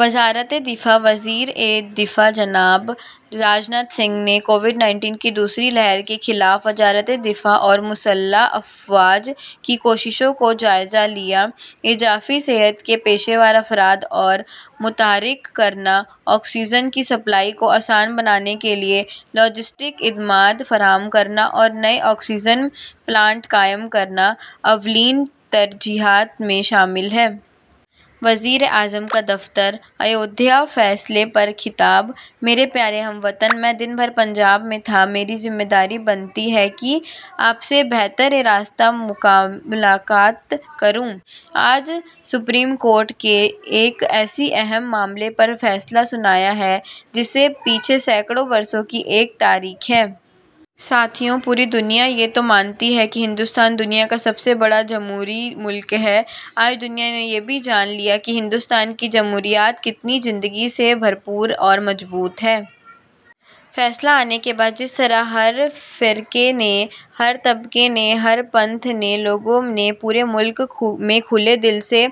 وزارت دفاع وزیر دفاع جناب راج ناتھ سنگھ نے کووِڈ انیس کی دوسری لہر کے خلاف وزارت دفاع اور مسلح افواج کی کوششوں کا جائزہ لیا۔ اضافی صحت کے پیشہ ور افراد کو متحرک کرنا، آکسیجن کی سپلائی کو آسان بنانے کے لیے لاجسٹک امداد فراہم کرنا اور نئے آکسیجن پلانٹ قائم کرنا اولین ترجیحات میں شامل ہیں۔ وزیراعظم کا دفتر ایودھیا فیصلے پر خطاب میرے پیارے ہم وطنوں، میں دن بھر پنجاب میں تھا۔ میری ذمہ داری بنتی ہے کہ آپ سے براہِ راست مکالمہ کروں۔ آج سپریم کورٹ نے ایک ایسے اہم معاملے پر فیصلہ سنایا ہے، جس کے پیچھے سینکڑوں برسوں کی ایک تاریخ ہے۔ ساتھیو، پوری دنیا یہ تو مانتی ہی ہے کہ ہندوستان دنیا کا سب سے بڑا جمہوری ملک ہے۔ آج دنیا نے یہ بھی جان لیا ہے کہ ہندوستان کی جمہوریت کتنی زندگی سے بھرپور اور مضبوط ہے۔ فیصلہ آنے کے بعد جس طرح ہر فرقے نے، ہر طبقے نے، ہر پنتھ کے لوگوں نے پورے ملک سے کھلے دل سے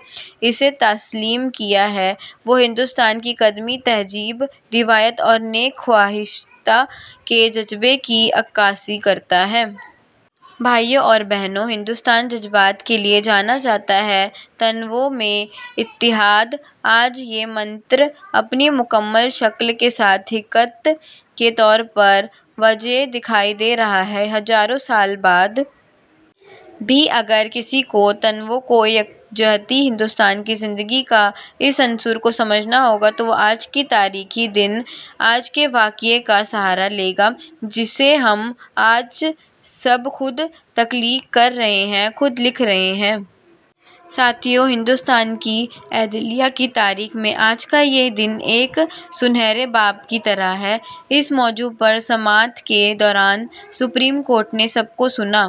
اسے تسلیم کیا ہے، وہ ہندوستان کی قدیم تہذیب، روایات اور نیک خواہشات کے جذبے کی عکاسی کرتا ہے۔ بھائیو اور بہنو، ہندوستان جذبات کے لیے جانا جاتا ہے۔ تنوع میں اتحاد، آج یہ منتر اپنی مکمل شکل کے ساتھ حقیقت کے طور پر واضح دکھائی دے رہا ہے۔ ہزاروں سال بعد بھی اگر کسی کو تنوع میں یکجہتی، ہندوستان کی زندگی کے اس عنصر کو سمجھنا ہوگا، تو وہ آج کے تاریخی دن، آج کے واقعے کا سہارا لے گا، جسے ہم سب آج خود تخلیق کر رہے ہیں، خود لکھ رہے ہیں۔ ساتھیو، ہندوستان کی عدلیہ کی تاریخ میں آج کا یہ دن ایک سنہرے باب کی طرح ہے۔ اس موضوع پر سماعت کے دوران سپریم کورٹ نے سب کو سنا۔